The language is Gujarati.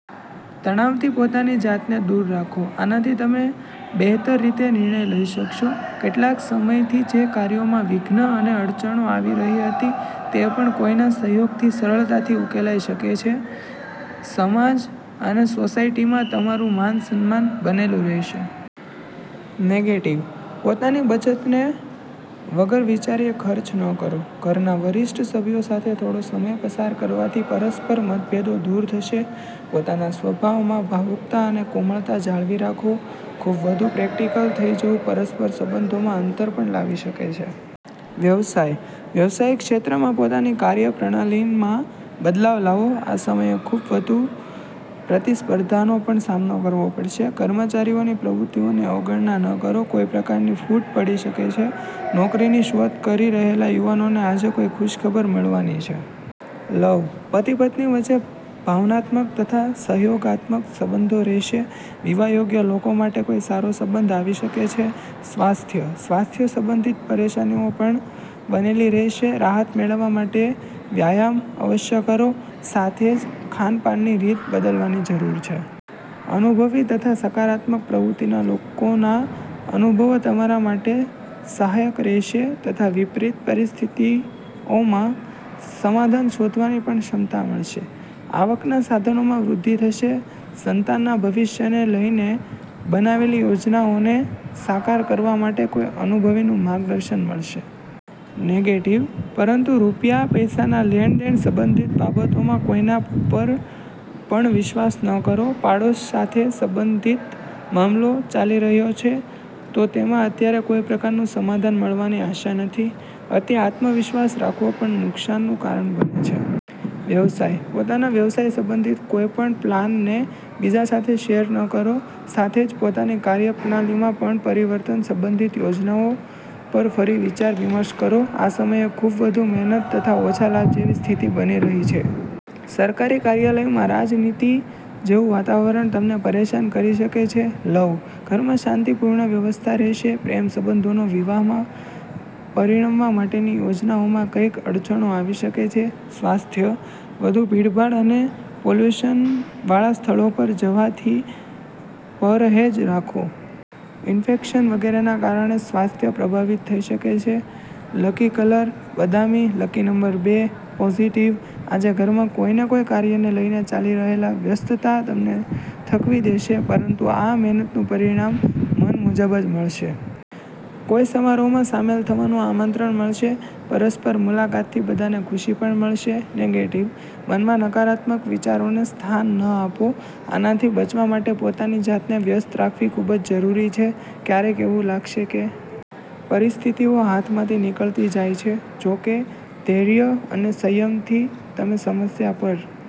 તણાવથી પોતાની જાતને દૂર રાખો, આનાથી તમે બહેતર રીતે નિર્ણય લઈ શકશો. કેટલાક સમયથી જે કાર્યોમાં વિઘ્ન અને અડચણો આવી રહી હતી, તે પણ કોઈના સહયોગથી સરળતાથી ઉકેલાઈ શકે છે. સમાજ અને સોસાયટીમાં તમારું માન-સન્માન બનેલું રહેશે. નેગેટિવ:- પોતાની બચતને વગર વિચાર્યે ખર્ચ ન કરો. ઘરના વરિષ્ઠ સભ્યો સાથે થોડો સમય પસાર કરવાથી પરસ્પર મતભેદો દૂર થશે. પોતાના સ્વભાવમાં ભાવુકતા અને કોમળતા જાળવી રાખો. ખૂબ વધુ પ્રેક્ટિકલ થઈ જવું પરસ્પર સંબંધોમાં અંતર પણ લાવી શકે છે. વ્યવસાય:- વ્યાવસાયિક ક્ષેત્રમાં પોતાની કાર્યપ્રણાલીમાં બદલાવ લાવો. આ સમયે ખૂબ વધુ પ્રતિસ્પર્ધાનો પણ સામનો કરવો પડશે. કર્મચારીઓની પ્રવૃત્તિઓની અવગણના ન કરો, કોઈ પ્રકારની ફૂટ પડી શકે છે. નોકરીની શોધ કરી રહેલા યુવાનોને આજે કોઈ ખુશખબર મળવાની છે. લવ:- પતિ-પત્ની વચ્ચે ભાવનાત્મક તથા સહયોગાત્મક સંબંધો રહેશે. વિવાહ યોગ્ય લોકો માટે કોઈ સારો સંબંધ આવી શકે છે. સ્વાસ્થ્ય:- સ્વાસ્થ્ય સંબંધિત પરેશાનીઓ પણ બનેલી રહેશે. રાહત મેળવવા માટે વ્યાયામ અવશ્ય કરો, સાથે જ ખાનપાનની રીત બદલવાની જરૂર છે. અનુભવી તથા સકારાત્મક પ્રવૃત્તિના લોકોના અનુભવો તમારા માટે સહાયક રહેશે તથા વિપરીત પરિસ્થિતિઓમાં સમાધાન શોધવાની પણ ક્ષમતા મળશે. આવકના સાધનોમાં વૃદ્ધિ થશે. સંતાનના ભવિષ્યને લઈને બનાવેલી યોજનાઓને સાકાર કરવા માટે કોઈ અનુભવીનું માર્ગદર્શન મળશે. નેગેટિવ:- પરંતુ રૂપિયા-પૈસાના લેણ-દેણ સંબંધિત બાબતોમાં કોઈના પર પણ વિશ્વાસ ન કરો. પાડોશ સાથે સંબંધિત મામલો ચાલી રહ્યો છે, તો તેમાં અત્યારે કોઈ પ્રકારનું સમાધાન મળવાની આશા નથી. અતિ આત્મવિશ્વાસ રાખવો પણ નુકસાનનું કારણ બને છે. વ્યવસાય:- પોતાના વ્યવસાય સંબંધિત કોઈ પણ પ્લાનને બીજા સાથે શેર ન કરો. સાથે જ પોતાની કાર્યપ્રણાલીમાં પણ પરિવર્તન સંબંધિત યોજનાઓ પર ફરી વિચાર-વિમર્શ કરો. આ સમયે ખૂબ વધુ મહેનત તથા ઓછા લાભ જેવી સ્થિતિ બની રહી છે. સરકારી કાર્યાલયમાં રાજનીતિ જેવું વાતાવરણ તમને પરેશાન કરી શકે છે. લવ:- ઘરમાં શાંતિપૂર્ણ વ્યવસ્થા રહેશે. પ્રેમ સંબંધોને વિવાહમાં પરિણમવા માટેની યોજનાઓમાં કંઈક અડચણો આવી શકે છે. સ્વાસ્થ્ય:- વધુ ભીડભાડ અને પોલ્યુશનવાળા સ્થળો પર જવાથી પરહેજ રાખો. ઈન્ફેક્શન વગેરેના કારણે સ્વાસ્થ્ય પ્રભાવિત થઈ શકે છે. લકી કલર- બદામી, લકી નંબર- બે. પોઝિટિવ:- આજે ઘરમાં કોઈ ને કોઈ કાર્યને લઈને ચાલી રહેલી વ્યસ્તતા તમને થકવી દેશે, પરંતુ આ મહેનતનું પરિણામ મન મુજબ જ મળશે. કોઈ સમારોહમાં સામેલ થવાનું આમંત્રણ મળશે, પરસ્પર મુલાકાતથી બધાને ખુશી પણ મળશે. નેગેટિવ:- મનમાં નકારાત્મક વિચારોને સ્થાન ન આપો. આનાથી બચવા માટે પોતાની જાતને વ્યસ્ત રાખવી ખૂબ જરૂરી છે. ક્યારેક એવું લાગશે કે પરિસ્થિતિઓ હાથમાંથી નીકળતી જાય છે, જોકે ધૈર્ય અને સંયમથી તમે સમસ્યા પર